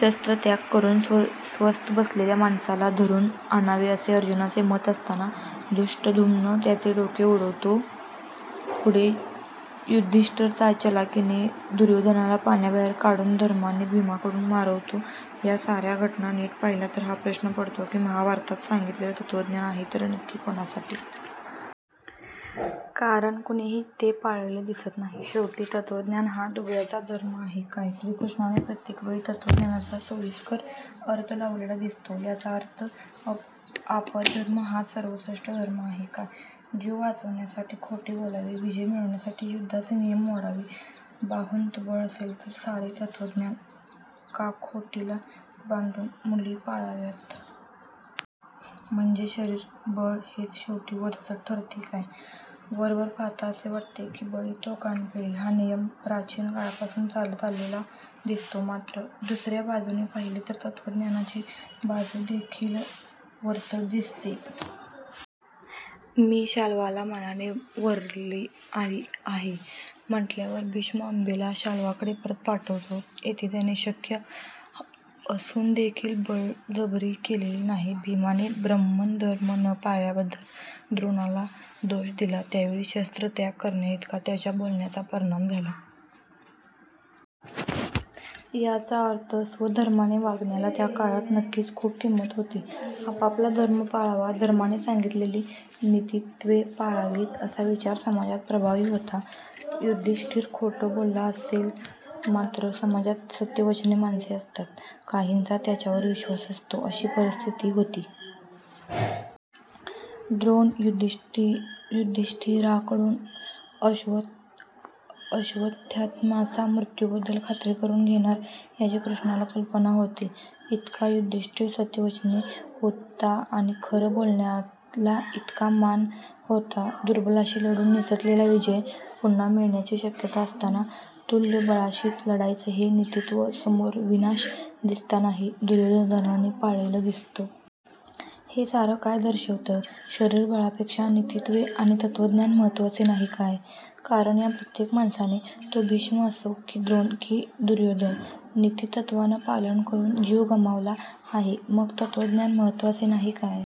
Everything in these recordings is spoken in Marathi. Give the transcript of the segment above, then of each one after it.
शस्त्रत्याग करुन स्वस्थ बसलेल्या माणसाला धरुन आणावे असे अर्जुनाचे मत असताना धृष्टद्युम्न त्याचे डोके उडवतो. पुढे युधिष्ठीरचा चलाखिने दुर्योधनाला पाण्याबाहेर काढुन धर्माने भीमाकडुन मारवतो. या साऱ्या घटना नीट पाहिल्या तर हा प्रश्न पडतो को महाभारतात सांगितलेलं तत्वज्ञान आहे तरी नक्की कुणासाठी? कारण कुणीही ते पाळलेले दिसत नाही. शेवटी तत्वज्ञान हा दुबळ्यांचा धर्म आहे काय? श्रीकृष्णाने प्रत्येकवेळी तत्वज्ञानाचा सोयीस्कर अर्थ लावलेला दिसतो. याचा अर्थ आपदधर्म हाच सर्वश्रेष्ठ धर्म आहे काय? जीव वाचविण्यासाठी खोटे बोलावे, विजय मिळविण्यासाठी युद्धाचे नियम मोडावे, बाहुंत बळ असेल तर सारे तत्वज्ञान काखोटीला बांधुन मुली पाळाव्यात. म्हणजे शारीर बळ हेच शेवटी वरचढ ठरते काय? वरवर पाहता असे वाटते कि बळी तो कान पिळी हा नियम प्राचिन काळापासुन चालत आलेला दिसतो. मात्र दुसऱ्या बाजुने पाहीले तर तत्वज्ञानाची बाजुदेखिल वरचढ दिसते. मी शाल्वाला मनाले वरले आहे म्हटल्यावर भीष्म अंबेला शाल्वाकडे परत पाठवतो. येथे त्याने शक्य असुनदेखिल बळजबरी केलेली नाही. भीमाने ब्रह्मणधर्म न पाळल्याबद्दल द्रोणाला दोष दिला त्यावेळी शस्त्र त्याग करण्याइतका त्याच्या बोलण्याचा परिणाम झाला. याचा अर्थ स्वधर्माने वागण्याला त्या काळात नक्कीच खुप किंमत होती. आपापला धर्म पाळावा, धर्माने सांगितलेली नीतीत्त्वे पाळावीत असा विचार समाजात प्रभावी होता. युधिष्ठीर खोटं बोलला असेल मात्र समाजात सत्यवचनी माणसे असतात. काहींचा त्यांच्यावर विश्वास असतो अशी परिस्थीती होती. द्रोण युधिष्ठि युधिष्ठीराकडुन अश्व अश्वथ्यात्माचा मृत्युबद्दल खात्री करुन घेणार याची कृष्णाला कल्पना होती, इतका युधिष्ठीर सत्यवचनी होता आणि खरं बोलण्याला इतका मान होता. दुर्बलाशी लढुन निसटलेला विजय पुन्हा मिळण्याची शक्यता असताना तुल्यबळाशीच लढायचं हे नीतीत्व समोर विनाश दिसतानाही दुर्योधनाने पाळलेलं दिसतं. हे सारं काय दर्शवतं? शारीरबळापेक्षा नीतीत्वे आणि तत्वज्ञान महत्वाचे नाही काय? कारण या प्रत्येक माणसाने, तो भीष्म असो कि द्रोण कि दुर्योधन, नीतीतत्वान पालन करुन जीव गमावला आहे. मग तत्वज्ञान महत्वाचे नाही काय?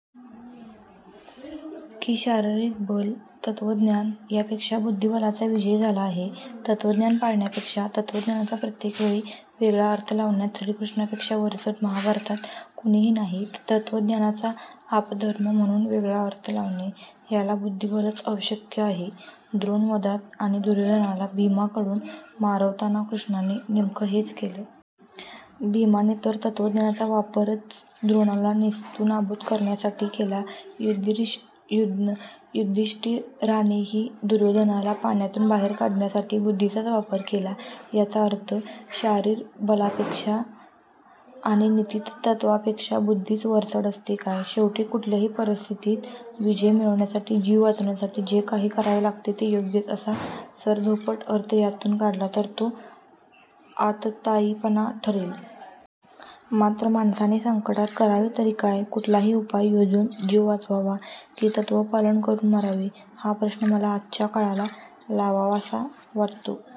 कि शारिरीक बल, तत्वज्ञान यापेक्षा बुद्धीबलाचा विजय झाला आहे? तत्वज्ञान पाळण्यापेक्षा तत्वज्ञानाचा प्रत्येक वेळी वेगळा अर्थ लावण्यात श्रीकृष्णापेक्षा वरचढ महाभारतात कुणीही नाही. तत्वज्ञानाचा आपद्धर्म म्हणुन वेगळा अर्थ लावणे याला बुद्धीबलच आवश्यक आहे. द्रोणवधात आणि दुर्योधनाला भीमाकडुन मारवताना कृष्णाने नेम़कं हेच केलं. भीमाने तर तत्वज्ञानाचा वापरच द्रोणाला नेस्तनाबुत करण्यासाठी केला. युधिष्ठि युधिष्ठीरानेही दुर्योधनाला पाण्यातुन बाहेर काढण्यासाठी बुद्धीचाच वापर केला. याचा अर्थ शारीर बलापेक्षा आणि नीतीत्वापेक्षा बुद्धीच वरचढ असते काय? शेवटी कुठल्याही परिस्थीतीत विजय मिळविण्यासाठी, जीव वाचविण्यासाठी जे काही करावे लागेल ते योग्यच असा सरधोपट अर्थ यातुन काढला तर तो आततायिपणा ठरेल. मात्र माणसाने संकटात करावे तरी काय? कुठलाही उपाय योजुन जीव वाचवावा? कि तत्वपालन करुन मरावे? हा प्रश्न मला आजच्या काळाला लावावासा वाटतो.